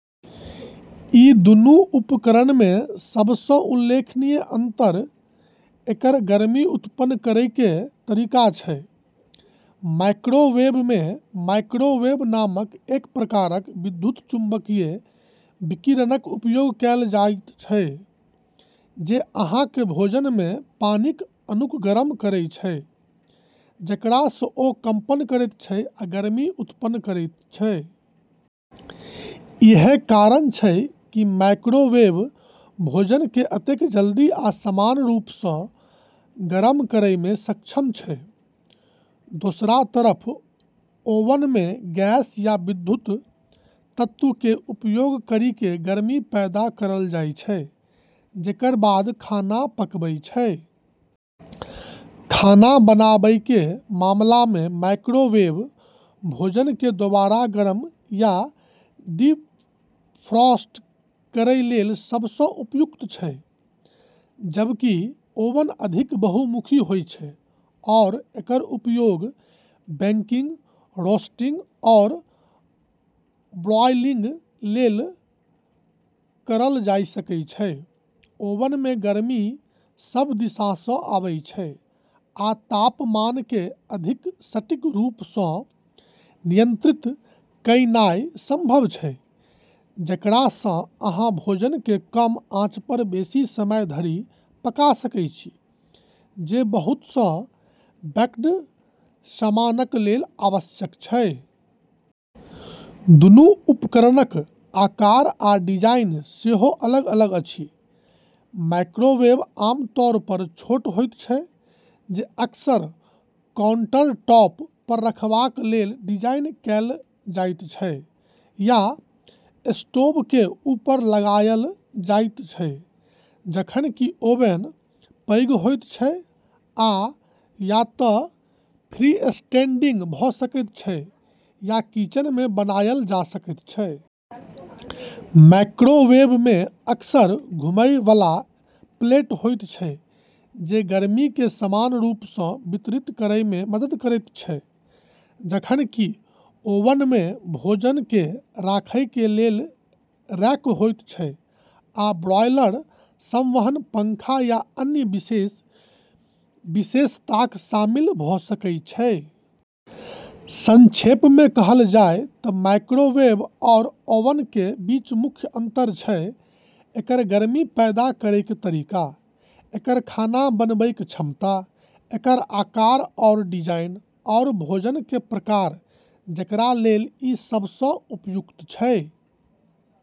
ई दूनू उपकरणमे सबसँ उल्लेखनीय अंतर एकर गर्मी उत्पन्न करैके तरीका छै। माइक्रोवेवमे माइक्रोवेव नामक एक प्रकारक विद्युत चुम्बकीय विकिरणक उपयोग कैल जायत छै, जे अहाँक भोजनमे पानिक अणुक गरम करय छै, जेकरासँ ओ कंपन करैत छै आ गर्मी उत्पन्न करैत छै । इएह कारण छै कि माइक्रोवेव भोजनके एतेक जल्दी आ समान रूपसँ गरम करयमे सक्षम छै । दोसरा तरफ ओवनमे गैस या विद्युत तत्वके उपयोग करिके गर्मी पैदा करल जाय छै, जेकर बाद खाना पकबै छै। खाना बनाबैके मामलामे माइक्रोवेव भोजनके दोबारा गरम या डिफ्रॉस्ट करै लेल सबसँ उपयुक्त छै, जबकि ओवन अधिक बहुमुखी होय छै आओर एकर उपयोग बेकिंग, रोस्टिंग, आओर ब्रॉयलिंग लेल करल जाय सकै छै। ओवनमे गर्मी सब दिशासँ आबै छै, आ तापमानके अधिक सटीक रूपसँ नियंत्रित कयनाइ संभव छै, जेकरासँ अहाँ भोजनके कम आँच पर बेसि समय धरि पका सकय छी, जे बहुतसँ बेक्ड सामानक लेल आवश्यक छै । दुनू उपकरणक आकार आ डिजाइन सेहो अलग-अलग अछि। माइक्रोवेव आमतौर पर छोट होयत छै, जे अक्सर काउंटरटॉप पर रखबाक लेल डिजाइन कैल जायत छै या स्टोवकेँ ऊपर लगाएल जाइत छै, जखन कि ओवन पैघ होयत छै आ या त' फ्रीस्टैंडिंग भ' सकैत छै या किचनमे बनायल जा सकैत छै । माइक्रोवेवमे अक्सर घूमएयबला प्लेट होयत छै जे गर्मीके समान रूपसँ वितरित करयमे मदद करैत छै, जखन कि ओवनमे भोजनके राखैके लेल रैक होयत छै आ ब्रायलर, संवहन पंखा या अन्य विशेष विशेषताक शामिल भ' सकै छै। संक्षेपमे कहल जाय त' माइक्रोवेव आओर ओवनकेँ बीच मुख्य अंतर छै एकर गर्मी पैदा करैके तरीका, एकर खाना बनबैके क्षमता, एकर आकार आओर डिजाइन, आओर भोजनके प्रकार जेकरा लेल ई सबसँ उपयुक्त छै।